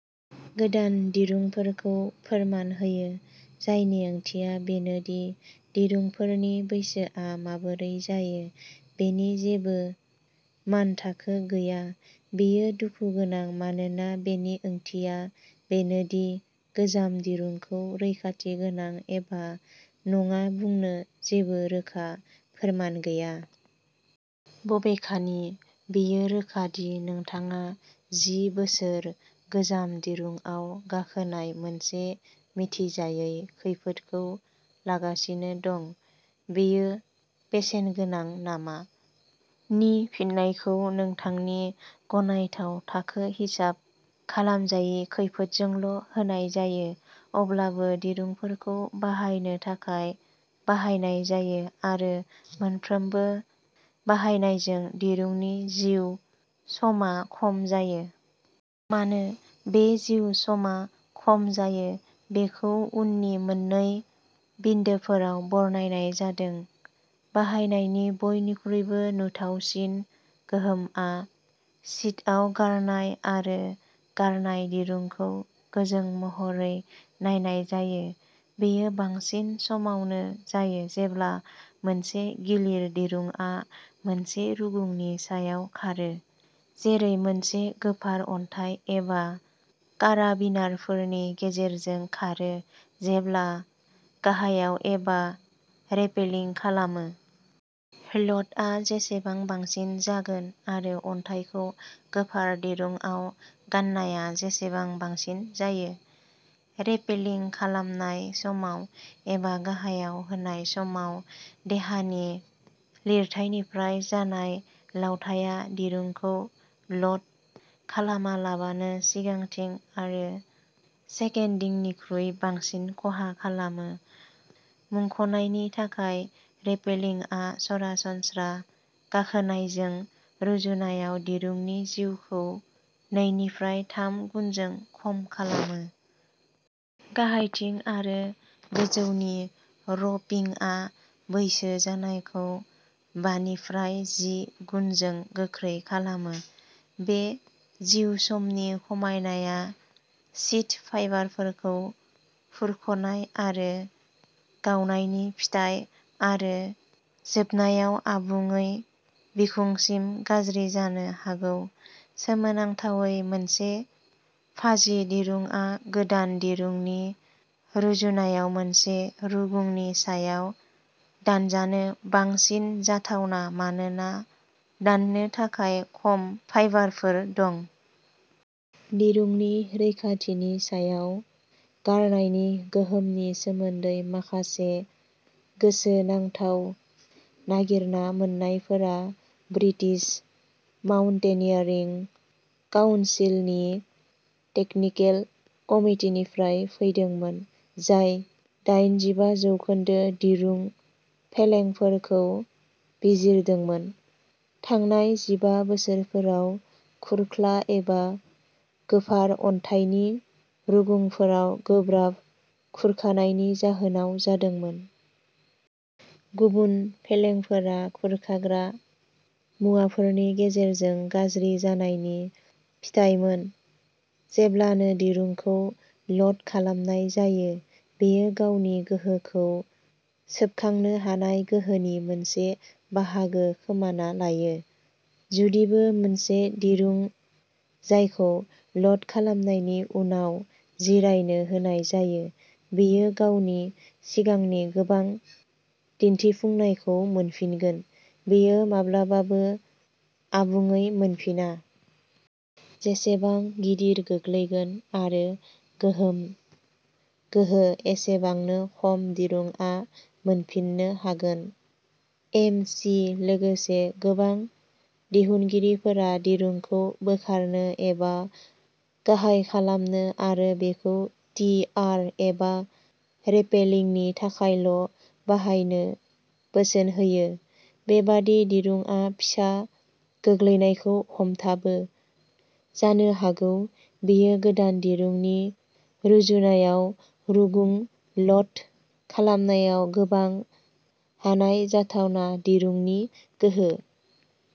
गोदान दिरुंफोरखौ फोरमान होयो। जायनि ओंथिया बेनो दि दिरुंफोरनि बैसोआ माबोरै जायो बेनि जेबो मानथाखो गैया। बेयो दुखु गोनां मानोना बेनि ओंथिया बेनो दि गोजाम दिरुंखौ रैखाथि गोनां एबा नङा बुंनो जेबो रोखा फोरमान गैया। बबेखानि, बेयो रोखा दि नोंथाङा जि बोसोर गोजाम दिरुंआव गाखोनाय मोनसे मिथिजायै खैफोदखौ लागासिनो दं। बेयो बेसेनगोनां नामा? नि फिननायखौ नोंथांनि गनायथाव थाखो हिसाब खालामजायै खैफोदजोंल' होनाय जायो। अब्लाबो दिरुंफोरखौ बाहायनो थाखाय बाहायनाय जायो आरो मोनफ्रोमबो बाहायनायजों, दिरुंनि जिउ समा खम जायो। मानो, बे जिउ समा खम जायो बेखौ उननि मोन्नै बिन्दोफोराव बरनायनाय जादों। बाहायनायनि बयनिख्रुइबो नुथावसिन गोहोमआ सिथआव गारनाय आरो गारनाय, दिरुंखौ गोजों महरै नायनाय जायो। बेयो बांसिन समावनो जायो जेब्ला मोनसे गिलिर दिरुंआ मोनसे रुगुंनि सायाव खारो, जेरै मोनसे गोफार अन्थाइ एबा काराबिनारफोरनि गेजेरजों खारो जेब्ला गाहायाव एबा रेपेलिं खालामो। ल'डआ जेसेबां बांसिन जागोन आरो अन्थाइखौ गोफार दिरुंआव गान्नाया जेसेबां बांसिन जायो। रेपेलिं खालामनाय समाव एबा गाहायाव होनाय समाव देहानि लिरथाइनिफ्राय जानाय लावथाया दिरुंखौ ल'ड खालामालाबानो सिगांथिं आरो सेकेन्डिंनिख्रुइ बांसिन खहा खालामो। मुंख'नायनि थाखाय रेपेलिंआ सरासनस्रा गाखोनायजों रुजुनायाव दिरुंनि जिउखौ नैनिफ्राय थाम गुनजों खम खालामो। गाहायथिं आरो गोजौनि र'पिंआ बैसो जानायखौ बानिफ्राय जि गुनजों गोख्रै खालामो। बे जिउसमनि खमायनाया सिथ फाइबारफोरखौ खुरख'नाय आरो गावनायनि फिथाय, आरो जोबनायाव आबुङै बिखुंसिम गाज्रि जानो हागौ। सोमोनांथावै, मोनसे फाजि दिरुंआ गोदान दिरुंनि रुजुनायाव मोनसे रुगुंनि सायाव दानजानो बांसिन जाथावना मानोना दाननो थाखाय खम फाइबारफोर दं। दिरुंनि रैखाथिनि सायाव गारनायनि गोहोमनि सोमोन्दै माखासे गोसोनांथाव नागिरना मोन्नायफोरा ब्रिटिश माउन्टेनियारिं काउनसिलनि टेकनिकेल कमिटिनिफ्राय फैदोंमोन, जाय दायेनजिबा जौखोन्दो दिरुं फेलेंफोरखौ बिजिरदोंमोन। थांनाय जिबा बोसोरफोराव खुरख्ला एबा गोफार अन्थाइनि रुगुंफोराव गोब्राब खुरखानायनि जाहोनाव जादोंमोन। गुबुन फेलेंफोरा खुरखाग्रा मुवाफोरनि गेजेरजों गाज्रि जानायनि फिथायमोन। जेब्लानो दिरुंखौ ल'ड खालामनाय जायो, बेयो गावनि गोहोखौ सोबखांनो हानाय गोहोनि मोनसे बाहागो खोमाना लायो। जुदिबो मोनसे दिरुं जायखौ ल'ड खालामनायनि उनाव जिरायनो होनाय जायो, बेयो गावनि सिगांनि गोबां दिन्थिफुंनायखौ मोनफिनगोन, बेयो माब्लाबाबो आबुङै मोनफिना। जेसेबां गिदिर गोग्लैगोन आरो गोहोम गोहो एसेबांनो खम दिरुंआ मोनफिननो हागोन। एम सि लोगोसे गोबां दिहुनगिरिफोरा दिरुंखौ बोखारनो एबा गाहाय खालामनो आरो बेखौ टि आर एबा रेपेलिंनि थाखायल' बाहायनो बोसोन होयो। बेबादि दिरुंआ फिसा गोग्लैनायखौ हमथाबो जानो हागौ, बेयो गोदान दिरुंनि रुजुनायाव रुगुं ल'ड खालामनायाव गोबां हानाय जाथावना दिरुंनि गोहो।